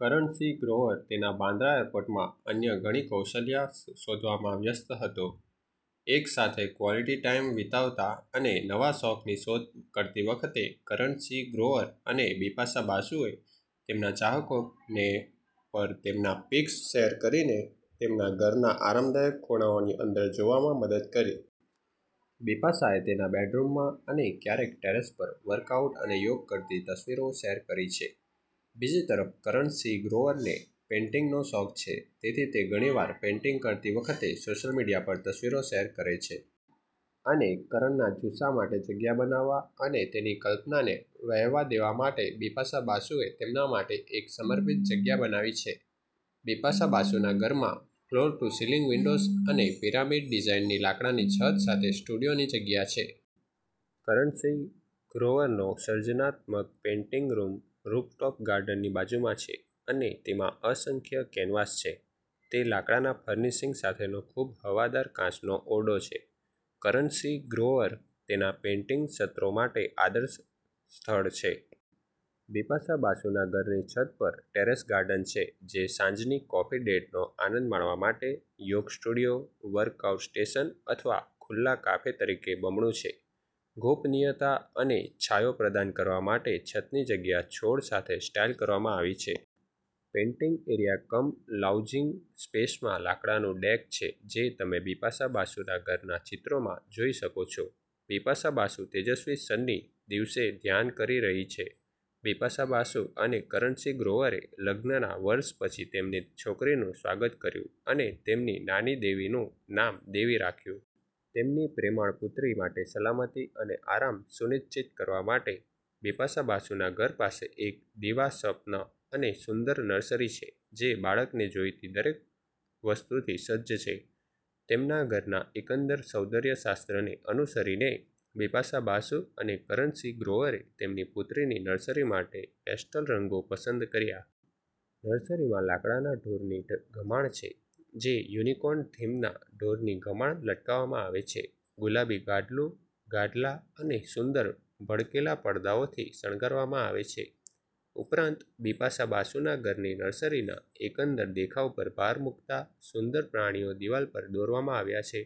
કરણ સિંહ ગ્રોવર તેના બાંદ્રા એપાર્ટમેન્ટમાં અન્ય ઘણી કૌશલ્યો શોધવામાં વ્યસ્ત હતો. એકસાથે ક્વોલિટી ટાઈમ વિતાવતા અને નવા શોખની શોધ કરતી વખતે કરણ સિંહ ગ્રોવર અને બિપાશા બાસુએ તેમના ચાહકોને પર તેમના પિક્સ શેર કરીને તેમના ઘરના આરામદાયક ખૂણાઓની અંદર જોવામાં મદદ કરી. બિપાશાએ તેના બેડરૂમમાં અને ક્યારેક ટેરેસ પર વર્કઆઉટ અને યોગ કરતી તસવીરો શેર કરી છે. બીજી તરફ કરણ સિંહ ગ્રોવરને પેઇન્ટિંગનો શોખ છે તેથી તે ઘણીવાર પેઇન્ટિંગ કરતી વખતે સોશિયલ મીડિયા પર તસવીરો શેર કરે છે. અને કરણના જુસ્સા માટે જગ્યા બનાવવા અને તેની કલ્પનાને વહેવા દેવા માટે બિપાશા બાસુએ તેમના માટે એક સમર્પિત જગ્યા બનાવી છે. બિપાશા બાસુના ઘરમાં ફ્લોર-ટુ-સીલિંગ વિન્ડોઝ અને પિરામિડ ડિઝાઇનની લાકડાની છત સાથે સ્ટુડિયોની જગ્યા છે. કરણ સિંહ ગ્રોવરનો સર્જનાત્મક પેઇન્ટિંગ રૂમ રૂફટોપ ગાર્ડનની બાજુમાં છે અને તેમાં અસંખ્ય કેનવાસ છે. તે લાકડાના ફર્નિશિંગ સાથેનો ખૂબ હવાદાર કાચનો ઓરડો છે. કરણ સિંહ ગ્રોવર તેના પેઇન્ટિંગ સત્રો માટે આદર્શ સ્થળ છે. બિપાશા બાસુના ઘરની છત પર ટેરેસ ગાર્ડન છે જે સાંજની કોફી ડેટનો આનંદ માણવા માટે, યોગ સ્ટુડિયો, વર્કઆઉટ સ્ટેશન અથવા ખુલ્લા કાફે તરીકે બમણું છે. ગોપનીયતા અને છાંયો પ્રદાન કરવા માટે છતની જગ્યા છોડ સાથે સ્ટાઇલ કરવામાં આવી છે. પેઇન્ટિંગ એરિયા કમ લાઉન્જિંગ સ્પેસમાં લાકડાનું ડેક છે જે તમે બિપાશા બાસુના ઘરના ચિત્રોમાં જોઈ શકો છો. બિપાશા બાસુ તેજસ્વી સન્ની દિવસે ધ્યાન કરી રહી છે. બિપાશા બાસુ અને કરણ સિંહ ગ્રોવરે લગ્નનાવર્ષ પછી તેમની છોકરીનું સ્વાગત કર્યું અને તેમની નાની દેવીનું નામ "દેવી" રાખ્યું. તેમની પ્રેમાળ પુત્રી માટે સલામતી અને આરામ સુનિશ્ચિત કરવા માટે બિપાશા બાસુના ઘર પાસે એક દિવાસ્વપ્ન અને સુંદર નર્સરી છે જે બાળકને જોઈતી દરેક વસ્તુથી સજ્જ છે. તેમના ઘરના એકંદર સૌંદર્ય શાસ્ત્રને અનુસરીને બિપાશા બાસુ અને કરણ સિંહ ગ્રોવરે તેમની પુત્રીની નર્સરી માટે પેસ્ટલ રંગો પસંદ કર્યા. નર્સરીમાં લાકડાના ઢોરની ગમાણ છે જે યુનિકોર્ન થીમના ઢોરની ગમાણ લટકાવવામાં આવે છે. ગુલાબી ગાદલું, ગાદલા અને સુંદર ભડકેલા પડદાઓથી શણગારવામાં આવે છે. ઉપરાંત, બિપાશા બાસુના ઘરની નર્સરીના એકંદર દેખાવ પર ભાર મૂકતા, સુંદર પ્રાણીઓ દિવાલ પર દોરવામાં આવ્યા છે.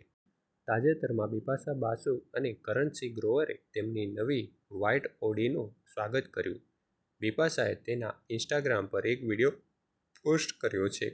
તાજેતરમાં બિપાશા બાસુ અને કરણ સિંહ ગ્રોવરે તેમની નવી વ્હાઇટ ઓડી નું સ્વાગત કર્યું. બિપાશાએ તેના ઇન્સ્ટાગ્રામ પર એક વિડિયો પોસ્ટ કર્યો છે.